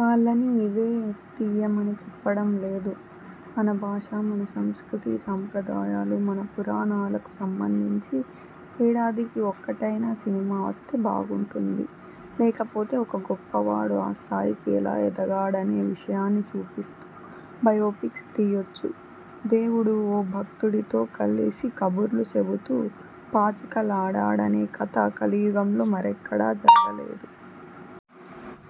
వాళ్లని ఇవే తియ్యమని చెప్పడం లేదు. మన భాష, మన సంస్కృతీ సంప్రదాయాలు, మన పురాణాలకు సంబంధించి ఏడాదికి ఒక్కటైనా సినిమా వస్తే బాగుంటుంది. లేకపోతే ఒక గొప్పవాడు ఆ స్థాయికి ఎలా ఎదగాడనే విషయాన్ని చూపిస్తూ బయోపిక్స్ తీయొచ్చు. దేవుడు ఓ భక్తుడితో కలిసి కబుర్లు చెబుతూ పాచికలాడాడనే కథ కలియుగంలో మరెక్కడా జరగలేదు.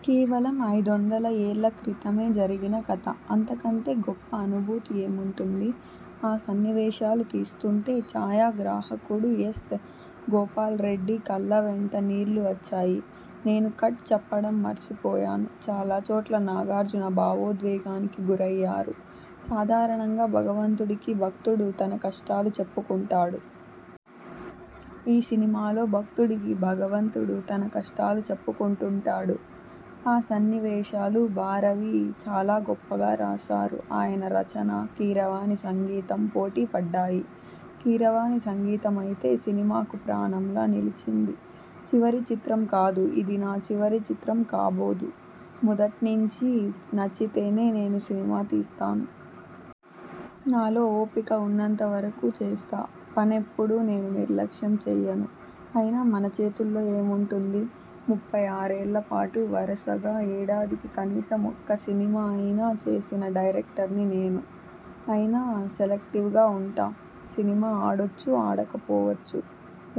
కేవలం ఐదొందల ఏళ్ల క్రితమే జరిగిన కథ. అంతకంటే గొప్ప అనుభూతి ఏముంటుంది! ఆ సన్నివేశాలు తీస్తుంటే ఛాయాగ్రాహకుడు ఎస్. గోపాల్రెడ్డి కళ్లవెంట నీళ్లు వచ్చాయి. నేను కట్ చెప్పడం మర్చిపోయాను. చాలా చోట్ల నాగార్జున భావోద్వేగానికి గురయ్యారు. సాధారణంగా భగవంతుడికి భక్తుడు తన కష్టాలు చెప్పుకుంటాడు. ఈ సినిమాలో భక్తుడికి భగవంతుడు తన కష్టాలు చెప్పుకుంటుంటాడు. ఆ సన్నివేశాలు భారవి చాలా గొప్పగా రాశారు. ఆయన రచన, కీరవాణి సంగీతం పోటీపడ్డాయి. కీరవాణి సంగీతమైతే సినిమాకు ప్రాణంలా నిలిచింది. చివరి చిత్రం కాదు ఇది నా చివరి చిత్రం కాబోదు. మొదట్నించీ నచ్చితేనే నేను సినిమా తీస్తాను. నాలో ఓపిక ఉన్నంతవరకూ చేస్తా. పనినెప్పుడూ నేను నిర్లక్ష్యం చెయ్యను. అయినా మన చేతుల్లో ఏముంటుంది! ముప్పై ఆరేళ్లపాటు వరసగా ఏడాదికి కనీసం ఒక్క సినిమా అయినా చేసిన డైరెక్టర్ని నేను. అయినా సెలక్టివ్గా ఉంటా. సినిమా ఆడొచ్చు, ఆడకపోవచ్చు.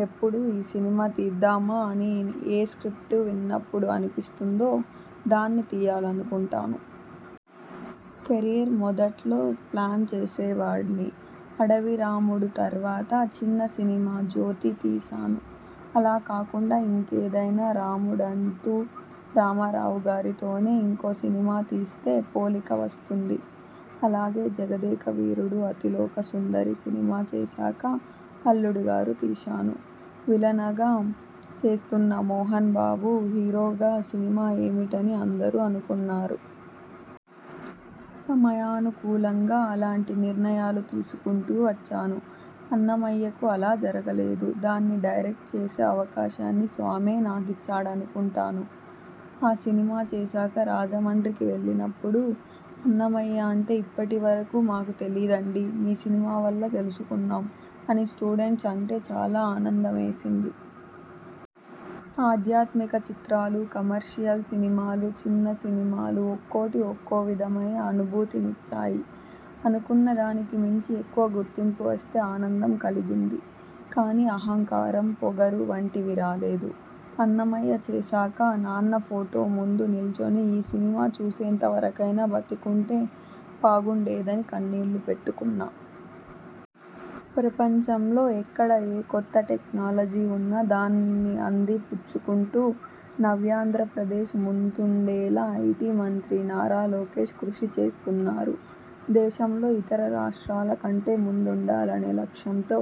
ఎప్పుడు ఈ సినిమా తీద్దామా అని ఏ స్ర్కిప్టు విన్నప్పుడు అనిపిస్తుందో, దాన్ని తియ్యాలనుకుంటాను. కెరీర్ మొదట్లో ప్లాన్ చేసేవాడ్ని. 'అడవిరాముడు' తర్వాత చిన్న సినిమా 'జ్యోతి' తీశాను. అలా కాకుండా ఇంకేదైనా రాముడంటూ రామారావుగారితోనే ఇంకో సినిమా తీస్తే, పోలిక వస్తుంది. అలాగే 'జగదేకవీరుడు అతిలోకసుందరి' సినిమా చేశాక 'అల్లుడుగారు' తీశాను. విలనగా చేస్తున్న మోహన్బాబు హీరోగా సినిమా ఏమిటని అందరూ అనుకున్నారు. సమయానుకూలంగా అలాంటి నిర్ణయాలు తీసుకుంటూ వచ్చాను. 'అన్నమయ్య'కు అలా జరగలేదు. దాన్ని డైరెక్ట్ చేసే అవకాశాన్ని స్వామే నాకిచ్చాడనుకుంటాను. ఆ సినిమా చేశాక రాజమండ్రికి వెళ్లినప్పుడు ''అన్నమయ్య అంటే ఇప్పటివరకూ మాకు తెలీదండి. మీ సినిమా వల్ల తెలుసుకున్నాం'' అని స్టూడెంట్స్ అంటే చాలా ఆనందమేసింది. ఆధ్యాత్మిక చిత్రాలు, కమర్షియల్ సినిమాలు, చిన్న సినిమాలు ఒక్కోటీ ఒక్కో విధమైన అనుభూతినిచ్చాయి. అనుకున్న దానికి మించి ఎక్కువ గుర్తింపువస్తే ఆనందం కలిగింది కానీ అహంకారం, పొగరు వంటివి రాలేదు. 'అన్నమయ్య' చేశాక నాన్న ఫొటోముందు నిల్చొని ఈ సినిమా చూసేంతవరకైనా బతికుంటే బాగుండేదని కన్నీళ్లు పెట్టుకున్నా. ప్రపంచంలో ఎక్కడ ఏ కొత్త టెక్నాలజీ ఉన్నా దాన్ని అంది పుచ్చుకుంటూ నవ్యాంధ్రప్రదేశ్ ముందుండేలా ఐటీ మంత్రి నారా లోకేశ్ కృషి చేస్తున్నారు. దేశంలో ఇతర రాష్ట్రాల కంటే ముందుండాలనే లక్ష్యంతో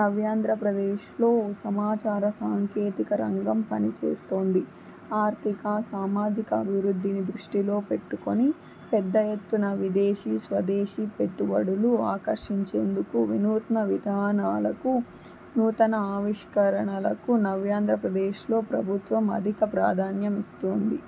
నవ్యాంధ్రప్రదేశ్లో సమాచార సాంకేతిక రంగం పనిచేస్తోంది. ఆర్థిక, సామాజిక అభివృద్ధిని దృష్టిలో పెట్టుకుని పెద్దఎత్తున విదేశీ, స్వదేశీ పెట్టుబడులు ఆకర్షించేందుకు వినూత్న విధానాలకు, నూతనఆవిష్కరణలకు నవ్యాంధ్రప్రదేశ్లో ప్రభుత్వం అధిక ప్రాధాన్యమిస్తోంది.